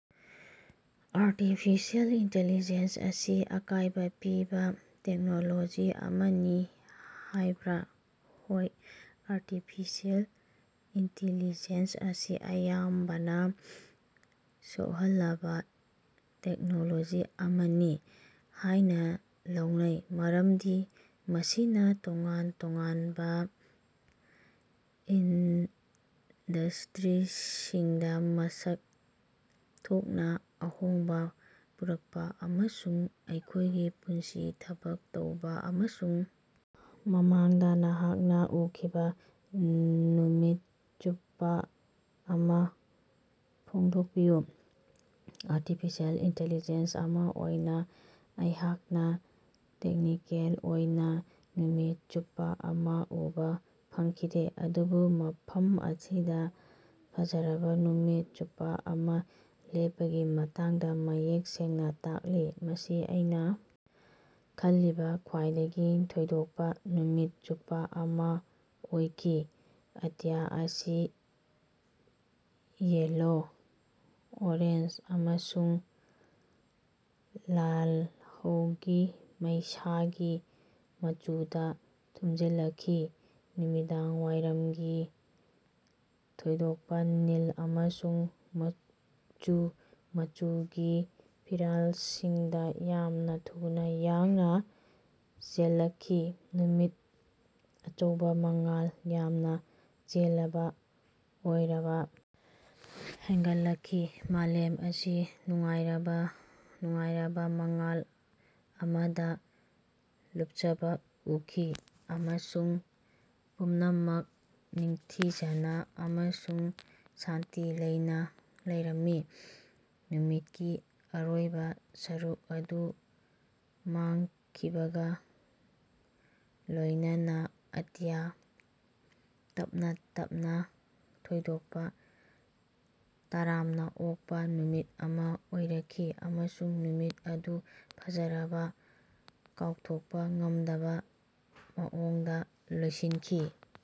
Artificial intelligence ꯑꯁꯤ ꯑꯀꯥꯏꯕ ꯄꯤꯕ ꯇꯦꯛꯅꯣꯂꯣꯖꯤ ꯑꯃꯅꯤ ꯍꯥꯏꯕꯔꯥ? ꯍꯣꯏ, ꯑꯥꯔꯇꯤꯐꯤꯁꯤꯑꯦꯜ ꯏꯟꯇꯤꯂꯤꯖꯦꯟꯁ ꯑꯁꯤ ꯑꯌꯥꯝꯕꯅ ꯁꯣꯛꯍꯜꯂꯕ ꯇꯦꯛꯅꯣꯂꯣꯖꯤ ꯑꯃꯅꯤ ꯍꯥꯏꯅ ꯂꯧꯅꯩ ꯃꯔꯝꯗꯤ ꯃꯁꯤꯅ ꯇꯣꯉꯥꯟ ꯇꯣꯉꯥꯟꯕ ꯏꯟꯗꯁꯇꯔꯤꯁꯤꯡꯗ ꯃꯁꯛ ꯊꯣꯛꯅ ꯑꯍꯣꯡꯕ ꯄꯨꯔꯛꯄ ꯑꯃꯁꯨꯡ ꯑꯩꯈꯣꯏꯒꯤ ꯄꯨꯟꯁꯤ, ꯊꯕꯛ ꯇꯧꯕ ꯑꯃꯁꯨꯡ ꯃꯃꯥꯡꯗ ꯅꯍꯥꯛꯅ ꯎꯈꯤꯕ‌ ꯅꯨꯃꯤꯠ ꯆꯨꯞꯄ ꯑꯃ ꯐꯣꯡꯗꯣꯛꯄꯤꯌꯨ꯫ ꯑꯥꯔꯇꯤꯐꯤꯁꯤꯑꯦꯜ ꯏꯟꯇꯤꯂꯤꯖꯦꯟꯁ ꯑꯃ‌ ꯑꯣꯏꯅ ꯑꯩꯍꯥꯛꯅ ꯇꯦꯛꯅꯤꯀꯦꯜ ꯑꯣꯏꯅ ꯅꯨꯃꯤꯠ ꯆꯨꯞꯄ ꯑꯃ ꯎꯕꯥ ꯐꯪꯈꯤꯗꯦ, ꯑꯗꯨꯕꯨ ꯃꯐꯝ ꯑꯁꯤꯗ ꯐꯖꯔꯕ ꯅꯨꯃꯤꯠ ꯆꯨꯞꯄ ꯑꯃ ꯂꯦꯞꯄꯒꯤ ꯃꯇꯥꯡꯗ ꯃꯌꯦꯛ ꯁꯦꯡꯅ ꯇꯥꯛꯂꯤ꯫ ꯃꯁꯤ ꯑꯩꯅ ꯈꯜꯂꯤꯕ ꯈ꯭ꯋꯥꯏꯗꯒꯤ ꯊꯣꯏꯗꯣꯛꯄ ꯅꯨꯃꯤꯠ ꯆꯨꯞꯄ ꯑꯃ ꯑꯣꯏꯈꯤ ꯑꯇꯤꯌꯥ ꯑꯁꯤ ꯌꯦꯜꯂꯣ, ꯑꯣꯔꯦꯟꯖ ꯑꯃꯁꯨꯡ ꯂꯥꯜꯍꯧꯒꯤ ꯃꯩꯁꯥꯒꯤ ꯃꯆꯨꯗ ꯊꯨꯝꯖꯤꯜꯂꯛꯈꯤ, ꯅꯨꯃꯤꯗꯥꯡꯋꯥꯏꯔꯝꯒꯤ ꯊꯣꯏꯗꯣꯛꯄ ꯅꯤꯜ ꯑꯃꯁꯨꯡ ꯃꯆꯨ ꯃꯆꯨꯒꯤ ꯐꯤꯔꯥꯜꯁꯤꯡꯗ ꯌꯥꯝꯅ ꯊꯨꯅꯥ ꯌꯥꯡꯅ ꯆꯦꯜꯂꯛꯈꯤ꯫ ꯅꯨꯃꯤꯠ, ꯑꯆꯧꯕꯥ, ꯃꯉꯥꯜ ꯌꯥꯝꯅ ꯆꯦꯜꯂꯕ ꯑꯣꯢꯔꯕ ꯍꯦꯟꯒꯠꯂꯛꯈꯤ꯫ ꯃꯥꯂꯦꯝ ꯑꯁꯤ ꯅꯨꯡꯉꯥꯏꯔꯕꯥ, ꯅꯨꯡꯉꯥꯏꯔꯕꯥ ꯃꯉꯥꯜ ꯑꯃꯗ ꯂꯨꯞꯆꯕ ꯎꯈꯤ, ꯑꯃꯁꯨꯡ ꯄꯨꯝꯅꯃꯛ ꯅꯤꯡꯊꯤꯖꯅ ꯑꯃꯁꯨꯡ ꯁꯥꯟꯇꯤ ꯂꯩꯅ ꯂꯩꯔꯝꯃꯤ꯫ ꯅꯨꯃꯤꯠꯀꯤ ꯑꯔꯣꯏꯕ ꯁꯔꯨꯛ ꯑꯗꯨ ꯃꯥꯡꯈꯤꯕꯒ ꯂꯣꯏꯅꯅ ꯑꯇꯤꯌꯥ ꯇꯞꯅꯥ ꯇꯞꯅꯥ ꯊꯣꯏꯗꯣꯛꯄ, ꯇꯔꯥꯝꯅ ꯑꯣꯛꯄ ꯅꯨꯃꯤꯠ ꯑꯃ ꯑꯣꯏꯔꯛꯈꯤ ꯑꯃꯁꯨꯡ ꯅꯨꯃꯤꯠ ꯑꯗꯨ ꯐꯖꯔꯕ, ꯀꯥꯎꯊꯣꯛꯄ ꯉꯝꯗꯕ ꯃꯑꯣꯡꯗ ꯂꯣꯏꯁꯤꯟꯈꯤ꯫